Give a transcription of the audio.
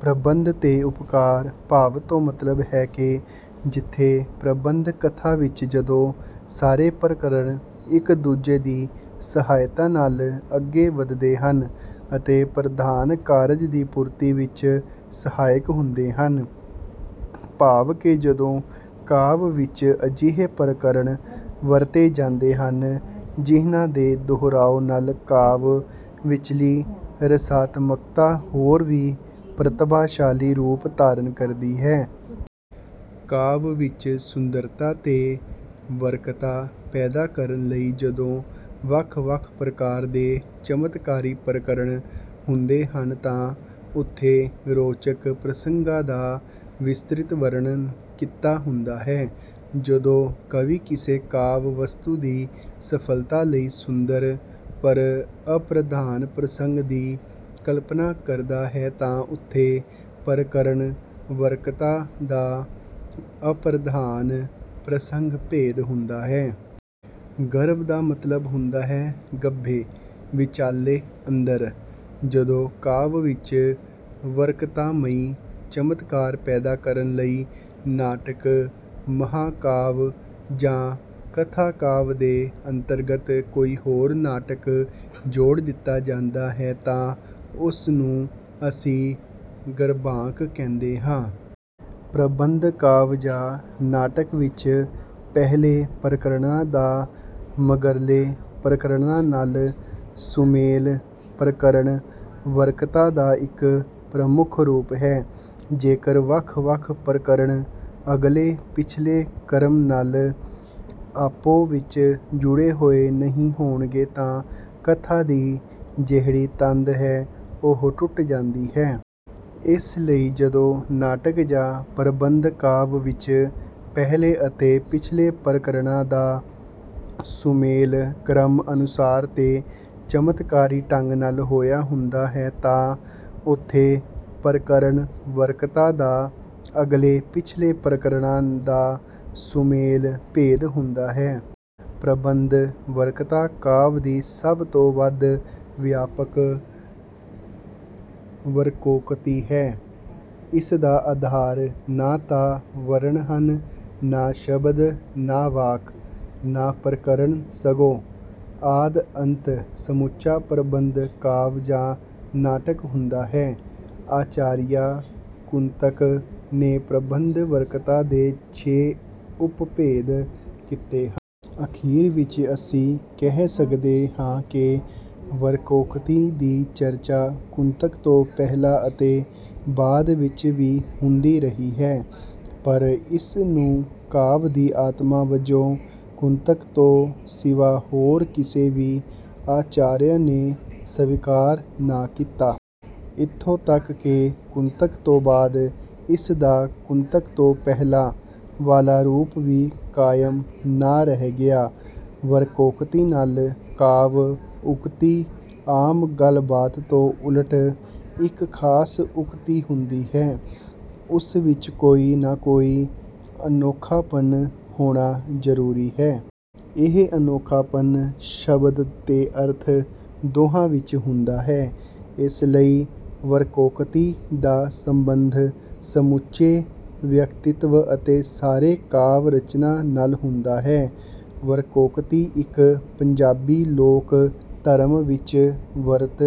ਪ੍ਰਬੰਧ ਤੇ ਉਪਕਾਰ ਭਾਵ ਤੋਂ ਮਤਲਬ ਹੈ ਕਿ ਜਿੱਥੇ ਪ੍ਰਬੰਧ ਕਥਾ ਵਿੱਚ ਜਦੋਂ ਸਾਰੇ ਪ੍ਰਕਰਣ ਇੱਕ-ਦੂਜੇ ਦੀ ਸਹਾਇਤਾ ਨਾਲ ਅੱਗੇ ਵੱਧਦੇ ਹਨ ਅਤੇ ਪ੍ਰਧਾਨ ਕਾਰਜ ਦੀ ਪੂਰਤੀ ਵਿੱਚ ਸਹਾਇਕ ਹੁੰਦੇ ਹਨ। ਭਾਵ ਕਿ ਜਦੋਂ ਕਾਵਿ ਵਿੱਚ ਅਜਿਹੇ ਪ੍ਰਕਰਣ ਵਰਤੇ ਜਾਂਦੇ ਹਨ, ਜਿਹਨਾਂ ਦੇ ਦੁਹਰਾਉ ਨਾਲ ਕਾਵਿ ਵਿਚਲੀ ਰਸਾਤਮਕਤਾ ਹੋਰ ਵੀ ਪ੍ਰਤਿਭਾਸ਼ਾਲੀ ਰੂਪ ਧਾਰਨ ਕਰਦੀ ਹੈ। ਕਾਵਿ ਵਿੱਚ ਸੁੰਦਰਤਾ ਤੇ ਵਕ੍ਰਤਾ ਪੈਦਾ ਕਰਨ ਲਈ ਜਦੋਂ ਵੱਖ-ਵੱਖ ਪ੍ਰਕਾਰ ਦੇ ਚਮਤਕਾਰੀ ਪ੍ਰਕਰਣ ਹੁੰਦੇ ਹਨ ਤਾਂ ਉੱਥੇ ਰੌਚਕ ਪ੍ਰਸੰਗਾਂ ਦਾ ਵਿਸਤ੍ਰਿਤ ਵਰਣਨ ਕੀਤਾ ਹੁੰਦਾ ਹੈ। ਜਦੋਂ ਕਵੀ ਕਿਸੇ ਕਾਵਿ ਵਸਤੂ ਦੀ ਸਫਲਤਾ ਲਈ ਸੁੰਦਰ, ਪਰ ਅਪ੍ਰਧਾਨ ਪ੍ਰਸੰਗ ਦੀ ਕਲਪਨਾ ਕਰਦਾ ਹੈ ਤਾਂ ਉੱਥੇ ਪ੍ਰਕਰਣ ਵਕ੍ਰਤਾ ਦਾ ਅਪ੍ਰਧਾਨ ਪ੍ਰਸੰਗ ਭੇਦ ਹੁੰਦਾ ਹੈ। ਗਰਭ ਦਾ ਮਤਲਬ ਹੁੰਦਾ ਹੈ ਗੱਭੇ, ਵਿਚਾਲੇ, ਅੰਦਰ। ਜਦੋਂ ਕਾਵਿ ਵਿੱਚ ਵਕ੍ਰਤਾਮਈ ਚਮਤਕਾਰ ਪੈਦਾ ਕਰਨ ਲਈ ਨਾਟਕ, ਮਹਾਂਕਾਵਿ ਜਾਂ ਕਥਾ ਕਾਵਿ ਦੇ ਅੰਤਰਗਤ ਕੋਈ ਹੋਰ ਨਾਟਕ ਜੋੜ ਦਿੱਤਾ ਜਾਂਦਾ ਹੈ ਤਾਂ ਉਸ ਨੂੰ ਅਸੀਂ ਗਰਭਾਂਕ ਕਹਿੰਦੇ ਹਾਂ। ਪ੍ਰਬੰਧ ਕਾਵਿ ਜਾਂ ਨਾਟਕ ਵਿੱਚ ਪਹਿਲੇ ਪ੍ਰਕਰਣਾਂ ਦਾ ਮਗਰਲੇ ਪ੍ਰਕਰਣਾਂ ਨਾਲ ਸੁਮੇਲ ਪ੍ਰਕਰਣ ਵਕ੍ਰਤਾ ਦਾ ਇੱਕ ਪ੍ਰਮੁੱਖ ਰੂਪ ਹੈ। ਜੇਕਰ ਵੱਖ-ਵੱਖ ਪ੍ਰਕਰਣ ਅਗਲੇ-ਪਿਛਲੇ ਕ੍ਰਮ ਨਾਲ ਆਪੋ ਵਿੱਚ ਜੁੜੇ ਹੋਏ ਨਹੀਂ ਹੋਣਗੇ ਤਾਂ ਕਥਾ ਦੀ ਜਿਹੜੀ ਤੰਦ ਹੈ ਉਹ ਟੁੱਟ ਜਾਂਦੀ ਹੈ। ਇਸ ਲਈ ਜਦੋਂ ਨਾਟਕ ਜਾਂ ਪ੍ਰਬੰਧ ਕਾਵਿ ਵਿੱਚ ਪਹਿਲੇ ਅਤੇ ਪਿਛਲੇ ਪ੍ਰਕਰਣਾਂ ਦਾ ਸੁਮੇਲ ਕ੍ਰਮ ਅਨੁਸਾਰ ਤੇ ਚਮਤਕਾਰੀ ਢੰਗ ਨਾਲ ਹੋਇਆ ਹੁੰਦਾ ਹੈ ਤਾਂ ਉੱਥੇ 'ਪ੍ਰਕਰਣ ਵਕ੍ਰਤਾ' ਦਾ ਅਗਲੇ-ਪਿਛਲੇ ਪ੍ਰਕਰਣਾਂ ਦਾ ਸੁਮੇਲ ਭੇਦ ਹੁੰਦਾ ਹੈ। ਪ੍ਰਬੰਧ ਵਕ੍ਰਤਾ ਕਾਵਿ ਦੀ ਸਭ ਤੋਂ ਵੱਧ ਵਿਆਪਕ ਵਕ੍ਰੋਕਤੀ ਹੈ। ਇਸਦਾ ਆਧਾਰ ਨਾ ਤਾਂ ਵਰਣ ਹਨ, ਨਾ ਸ਼ਬਦ, ਨਾ ਵਾਕ, ਨਾ ਪ੍ਰਕਰਣ, ਸਗੋਂ ਆਦਿ-ਅੰਤ ਸਮੁੱਚਾ ਪ੍ਰਬੰਧ ਕਾਵਿ ਜਾਂ ਨਾਟਕ ਹੁੰਦਾ ਹੈ। ਆਚਾਰੀਆ ਕੁੰਤਕ ਨੇ ਪ੍ਰਬੰਧ-ਵਕ੍ਰਤਾ ਦੇ ਛੇ ਉਪਭੇਦ ਕੀਤੇ ਹਨ। ਅਖੀਰ ਵਿੱਚ ਅਸੀਂ ਕਹਿ ਸਕਦੇ ਹਾਂ ਕਿ ਵਕ੍ਰੋਕਤੀ ਦੀ ਚਰਚਾ ਕੁੰਤਕ ਤੋਂ ਪਹਿਲਾਂ ਅਤੇ ਬਾਅਦ ਵਿੱਚ ਵੀ ਹੁੰਦੀ ਰਹੀ ਹੈ, ਪਰ ਇਸ ਨੂੰ ਕਾਵਿ ਦੀ ਆਤਮਾ ਵਜੋਂ ਕੁੰਤਕ ਤੋਂ ਸਿਵਾ ਹੋਰ ਕਿਸੇ ਵੀ ਆਚਾਰਯ ਨੇ ਸਵੀਕਾਰ ਨਾ ਕੀਤਾ। ਇੱਥੋਂ ਤੱਕ ਕਿ ਕੁੰਤਕ ਤੋਂ ਬਾਅਦ ਇਸ ਦਾ ਕੁੰਤਕ ਤੋਂ ਪਹਿਲਾਂ ਵਾਲਾ ਰੂਪ ਵੀ ਕਾਇਮ ਨਾ ਰਹਿ ਗਿਆ। ਵਕ੍ਰੋਕਤੀ ਨਾਲ ਕਾਵਿ ਉਕਤੀ ਆਮ ਗੱਲ-ਬਾਤ ਤੋਂ ਉਲਟ ਇੱਕ ਖਾਸ ਉਕਤੀ ਹੁੰਦੀ ਹੈ। ਉਸ ਵਿੱਚ ਕੋਈ ਨਾ ਕੋਈ ਅਨੋਖਾਪਨ ਹੋਣਾ ਜਰੂਰੀ ਹੈ। ਇਹ ਅਨੋਖਾਪਨ ਸ਼ਬਦ ਤੇ ਅਰਥ ਦੋਹਾਂ ਵਿੱਚ ਹੁੰਦਾ ਹੈ। ਇਸ ਲਈ ਵਕ੍ਰੋਕਤੀ ਦਾ ਸੰਬੰਧ ਸਮੁੱਚੇ ਵਿਅਕਤਿਤਵ ਅਤੇ ਸਾਰੇ ਕਾਵਿ ਰਚਨਾ ਨਾਲ ਹੁੰਦਾ ਹੈ। ਵਕ੍ਰੋਕਤੀ ਇੱਕ ਪੰਜਾਬੀ ਲੋਕ ਧਰਮ ਵਿੱਚ ਵਰਤ।